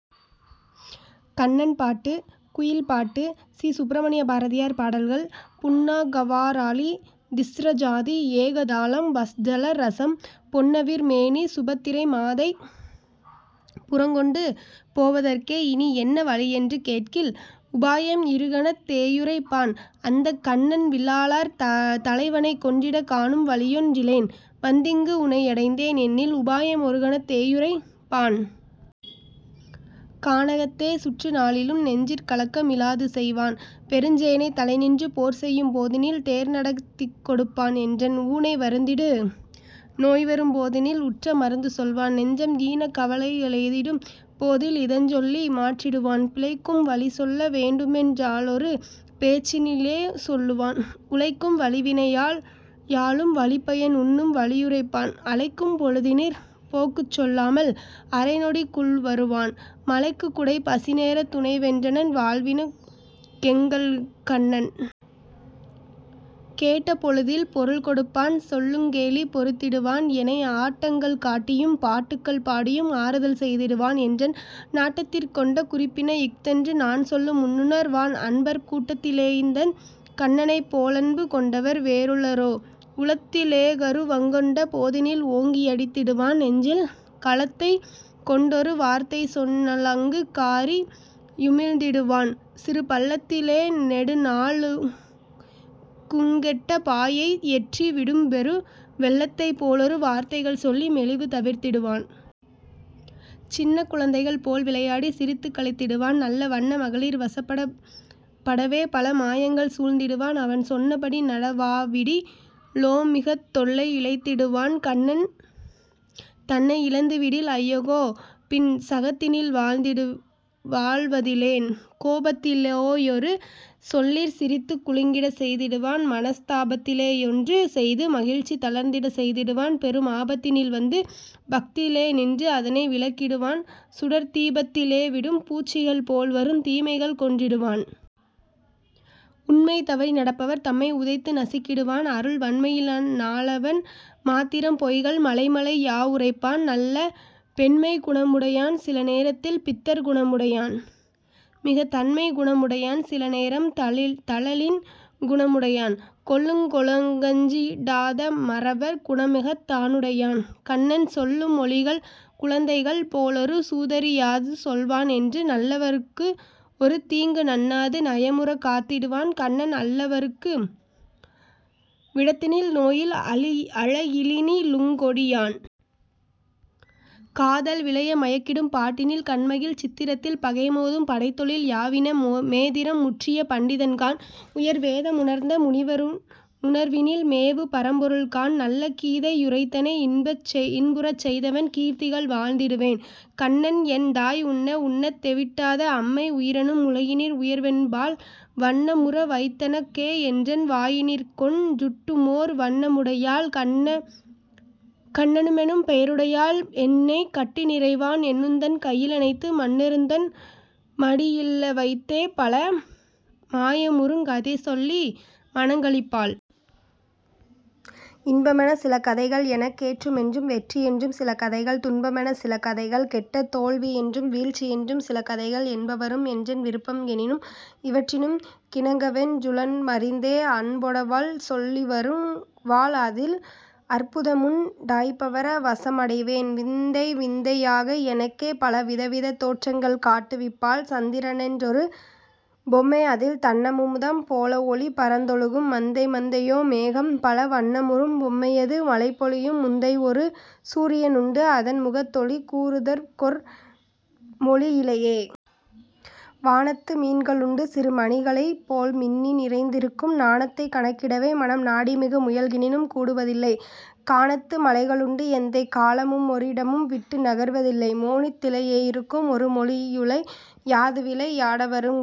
கண்ணன் பாட்டு, குயில் பாட்டு சி. சுப்ரமணிய பாரதியார் பாடல்கள் புன்னாகவராளி திஸ்ரஜாதி ஏகதாளம் வத்ஸல ரசம் பொன்னவிர் மேனிச் சுபத்திரை மாதைப் புறங்கொண்டு போவ தற்கே இனி என்ன வழியென்று கேட்கில், உபாயம் இருகணத் தேயுரைப் பான்; அந்தக் ''கன்னன் வில்லாளர் தலைவனைக் கொன்றிடக் காணும் வழியொன் றில்லேன் வந்திங்கு உன்னை யடைந்தேன்'' என்னில் உபாயம் ஒருகணத் தேயுரைப் பான். கானகத்தே சுற்று நாளிலும் நெஞ்சிற் கலக்க மிலாதுசெய் வான்; பெருஞ் சேனைத் தலைநின்று போர்செய்யும் போதினில் தேர்நடத் திக்கொடுப் பான்; என்றன் ஊனை வருத்திடு நோய்வரும் போதினில் உற்ற மருந்துசொல் வான்; நெஞ்சம் ஈனக் கவலைக ளெய்திடும் போதில் இதஞ்சொல்லி மாற்றிடு வான். பிழைக்கும் வழிசொல்ல வேண்டுமென் றாலொரு பேச்சினி லேசொல்லுவான்; உழைக்கும் வழிவினை யாளும் வழிபயன் உண்ணும் வழியுரைப் பான்; அழைக்கும் பொழுதினிற் போக்குச் சொல்லாமல் அரைநொடிக் குள்வருவான்; மழைக்குக் குடை, பசிநேரத் துணவென்றன் வாழ்வினுக் கெங்கள்கண் ணன். கேட்டபொழுதில் பொருள் கொடுப்பான்; சொல்லுங் கேலி பொறுத்திடு வான்; எனை ஆட்டங்கள் காட்டியும் பாட்டுக்கள் பாடியும் ஆறுதல் செய்திடுவான்; என்றன் நாட்டத்திற் கொண்ட குறிப்பினை இஃதென்று நான்சொல்லும் முன்னுணர் வான்; அன்பர் கூட்டத்தி லேயிந்தக் கண்ணனைப் போலன்பு கொண்டவர் வேறுள ரோ? உள்ளத்தி லேகரு வங்கொண்ட போதினில் ஓங்கி யடித் திடுவான்; நெஞ்சில் கள்ளத்தைக் கொண்டொரு வார்த்தைசொன் னாலங்கு காறி யுமிழ்ந்திடு வான்; சிறு பள்ளத்தி லேநெடு நாளழு குங்கெட்ட பாசியை யெற்றி விடும் பெரு வெள்ளத்தைப் போலருள் வார்த்தைகள் சொல்லி மெலிவு தவிர்த்திடு வான். சின்னக் குழந்தைகள் போல்விளை யாடிச் சிரித்துக் களித்திடு வான்; நல்ல வன்ன மகளிர் வசப்பட வேபல மாயங்கள் சூழ்ந்திடு வான்; அவன் சொன்ன படிநட வாவிடி லோமிகத் தொல்லை யிழைத்திடு வான்; கண்ணன் தன்னை யிழந்து விடில், ஐயகோ! பின் சகத்தினில் வாழ்வதி லேன். கோபத்தி லேயொரு சொல்லிற் சிரித்துக் குலுங்கிடச் செய்திடு வான்; மனஸ் தாபத்திலே யொன்று செய்து மகிழ்ச்சி தளிர்த்திடச் செய்திடுவான்; பெரும் ஆபத்தி னில்வந்து பக்கத்தி லேநின்று அதனை விலக்கிடு வான்; சுடர்த் தீபத்தி லேவிடும் பூச்சிகள் போல்வருந் தீமைகள் கொன்றிடு வான். உண்மை தவறி நடப்பவர் தம்மை உதைத்து நசுக்கிடுவான்; அருள் வண்மையி னாலவன் மாத்திரம் பொய்கள் மலைமலை யாவுரைப் பான்; நல்ல பெண்மைக் குணமுடை யான்; சில நேரத்தில் பித்தர் குணமுடை யான்; மிகத் தண்மைக் குணமுடை யான்; சில நேரம் தழலின் குணமுடை யான். கொல்லுங் கொலைக்கஞ்சி டாத மறவர் குணமிகத் தானுடை யான்; கண்ணன் சொல்லு மொழிகள் குழந்தைகள்; போலொரு சூதறி யாதுசொல் வான்; என்றும் நல்லவ ருக்கொரு தீங்கு நண்ணாது நயமுறக் காத்திடு வான்; கண்ணன் அல்லவ ருக்கு விடத்தினில் நோயில் அழலினி லுங்கொடி யான். காதல் விளைய மயக்கிடும் பாட்டினில் கண்மகிழ் சித்திரத் தில் பகை மோதும் படைத்தொழில் யாவினு மேதிறம் முற்றிய பண்டிதன் காண்; உயர் வேத முணர்ந்த முனிவ ருணர்வினில் மேவு பரம்பொருள் காண்; நல்ல கீதை யுரைத்தெனை இன்புறச் செய்தவன் கீர்த்திகள் வாழ்த்திடு வேன்.. கண்ணன் என் தாய் உண்ண உண்ணத் தெவிட்டாதே அம்மை உயிரெனும் முலையினில் உயர்வெனும் பால்; வண்ணமுற வைத்தெனக் கே என்றன் வாயினிற்கொண் டூட்டுமோர் வண்மையுடையாள், கண்ணனெனும் பெயருடையாள், என்னை கட்டிநிறை வான் எனுந்தன் கையி லணைத்து மண்ணெனுந்தன் மடியில்வைத்தே பல மாயமுறுங் கதைசொல்லி மனங்களிப் பாள். இன்பமெனச் சிலகதைகள் எனக் கேற்றமென்றும் வெற்றி யென்றும் சில கதைகள் துன்பமெனச் சில கதைகள் கெட்ட தோல்வியென்றும் வீழ்ச்சியென்றும் சில கதைகள் என்பருவம் என்றன் விருப்பம் எனும் இவற்றினுக் கிணங்கவென் னுளமறிந்தே அன்பொடவள் சொல்லிவரு வாள்; அதில் அற்புதமுண் டாய்ப்பர வசமடைவேன். விந்தைவிந்தை யாக எனக்கே பல விதவிதத் தோற்றங்கள் காட்டுவிப் பாள்; சந்திரனென் றொரு பொம்மை அதில் தண்ணமுதம் போலஒளி பரந்தொழுகும்; மந்தை மந்தையா மேகம் பல வண்ணமுறும் பொம்மையது மழைபொழியும்; முந்தஒரு சூரியனுண்டு அதன் முகத் தொளி கூறுதற்கொர் மொழியிலை யே. வானத்து மீன்க ளுண்டு சிறு மணிகளைப் போல்மின்னி நிறைந்திருக்கும்; நானத்தைக் கணக்கிடவே மனம் நாடிமிக முயல்கினும் கூடுவதில்லை; கானத்து மலைக ளுண்டு எந்தக் காலமுமொ ரிடம்விட்டு நகர்வதில்லை; மோனத்தி லேயிருக்கும் ஒரு மொழியுலை யாதுவிளை யாடவருங் காண்.